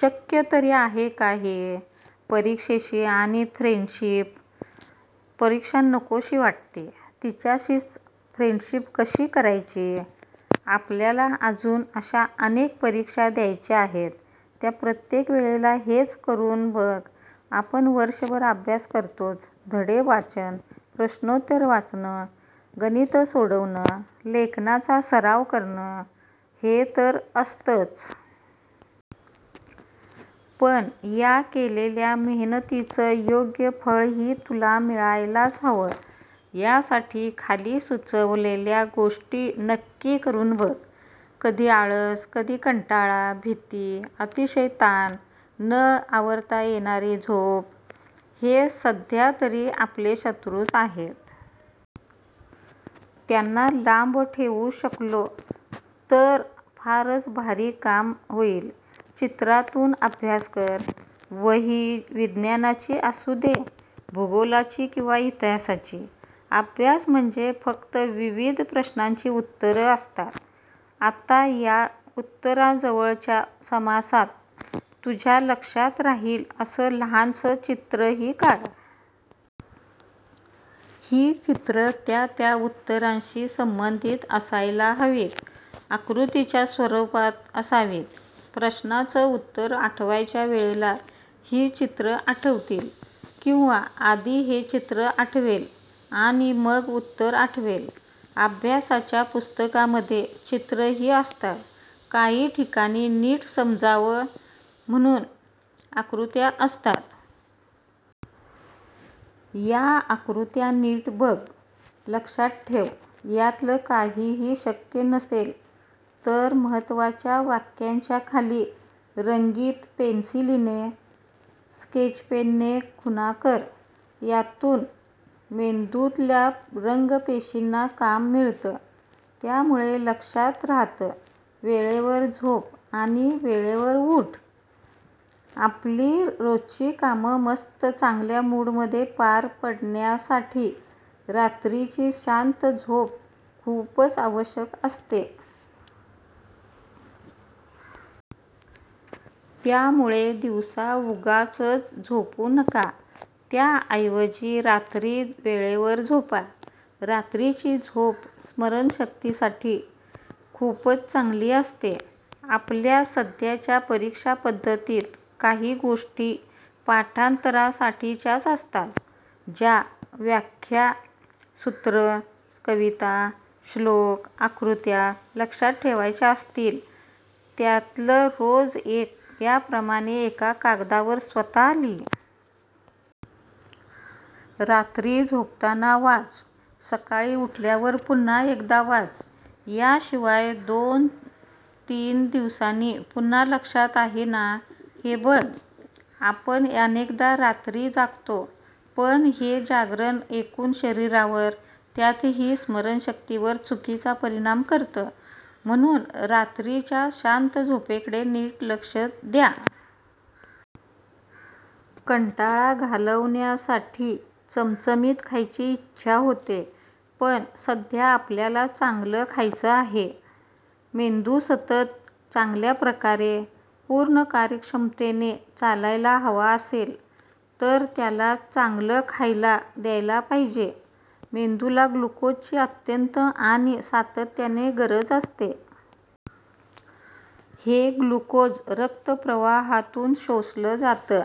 शक्य तरी आहे का हे? परीक्षेशी आणि फ्रेंडशिप? परीक्षा नकोशी वाटते. तिच्याशीच फ्रेंडशिप कशी करायची? आपल्याला अजून अशा अनेक परीक्षा द्यायच्या आहेत. त्या प्रत्येक वेळेला हेच करून बघ. आपण वर्षभर अभ्यास करतोच. धडे वाचणं, प्रश्नोत्तरं वाचणं, गणितं सोडवणं, लेखनाचा सराव करणं – हे तर असतंच. पण या केलेल्या मेहनतीचं योग्य फळही तुला मिळायलाच हवं. यासाठी खाली सुचवलेल्या गोष्टी नक्की करून बघ. कधी आळस, कधी कंटाळा, भीती, अतिशय ताण, न आवरता येणारी झोप – हे सध्या तरी आपले शत्रूच आहेत. त्यांना लांब ठेवू शकलो, तर फारच भारी काम होईल. चित्रातून अभ्यास कर. वही विज्ञानाची असू दे, भूगोलाची किंवा इतिहासाची; अभ्यास म्हणजे फक्त विविध प्रश्नांची उत्तरं असतात. आता या उत्तरांजवळच्या समासात तुझ्या लक्षात राहील असं लहानसं चित्रही काढ. ही चित्रं त्या त्या उत्तरांशी संबंधित असायला हवीत. आकृतीच्या स्वरूपात असावीत. प्रश्नाचं उत्तर आठवायच्या वेळेला ही चित्रं आठवतील. किंवा आधी हे चित्र आठवेल आणि मग उत्तर आठवेल. अभ्यासाच्या पुस्तकांमध्ये चित्रंही असतात. काही ठिकाणी, नीट समजावं म्हणून आकृत्या असतात. या आकृत्या नीट बघ. लक्षात ठेव. यातलं काहीही शक्य नसेल, तर महत्त्वाच्या वाक्यांच्या खाली रंगीत पेन्सिलीने/स्केचपेनने खुणा कर. यातून मेंदूतल्या रंगपेशींना काम मिळतं. त्यामुळे लक्षात राहतं. वेळेवर झोप आणि वेळेवर ऊठ! आपली रोजची कामं मस्त चांगल्या मूडमध्ये पार पडण्यासाठी रात्रीची शांत झोप खूपच आवश्यक असते. त्यामुळे दिवसा उगाचच झोपू नका. त्याऐवजी रात्री वेळेवर झोपा. रात्रीची झोप स्मरणशक्तीसाठी खूपच चांगली असते. आपल्या सध्याच्या परीक्षा पद्धतीत काही गोष्टी पाठांतरासाठीच्याच असतात. ज्या व्याख्या, सूत्रं, कविता, श्लोक, आकृत्या लक्षात ठेवायच्या असतील, त्यातलं रोज एक याप्रमाणे एका कागदावर स्वतः लिही. रात्री झोपताना वाच. सकाळी उठल्यावर पुन्हा एकदा वाच. याशिवाय दोन-तीन दिवसांनी पुन्हा लक्षात आहे ना, हे बघ. आपण अनेकदा रात्री जागतो. पण हे जागरण एकूण शरीरावर, त्यातही स्मरणशक्तीवर चुकीचा परिणाम करतं. म्हणून रात्रीच्या शांत झोपेकडे नीट लक्ष द्या. कंटाळा घालवण्यासाठी चमचमीत खायची इच्छा होते. पण सध्या आपल्याला चांगलं खायचं आहे! मेंदू सतत, चांगल्या प्रकारे, पूर्ण कार्यक्षमतेने चालायला हवा असेल, तर त्याला चांगलं खायला द्यायला पाहिजे. मेंदूला ग्लुकोजची अत्यंत आणि सातत्याने गरज असते. हे ग्लुकोज रक्तप्रवाहातून शोषलं जातं.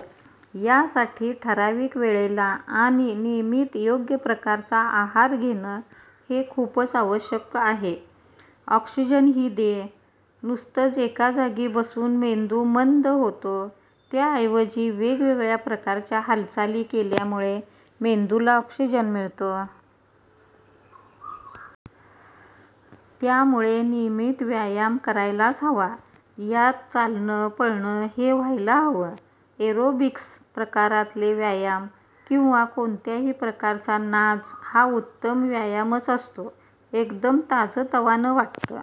यासाठी ठरावीक वेळेला आणि नियमित योग्य प्रकारचा आहार घेणं हे खूपच आवश्यक आहे. ऑक्सिजनही दे! नुसतंच एकाजागी बसून मेंदू मंद होतो. त्याऐवजी वेगवेगळ्या प्रकारची हालचाल केल्यामुळे मेंदूला ऑक्सिजन मिळतो. त्यामुळे नियमित व्यायाम करायलाच हवा. यात चालणं, पळणं हे व्हायला हवं. एरोबिक्स प्रकारातले व्यायाम किंवा कोणत्याही प्रकारचा नाच हा उत्तम व्यायामच असतो. एकदम ताजंतवानं वाटतं.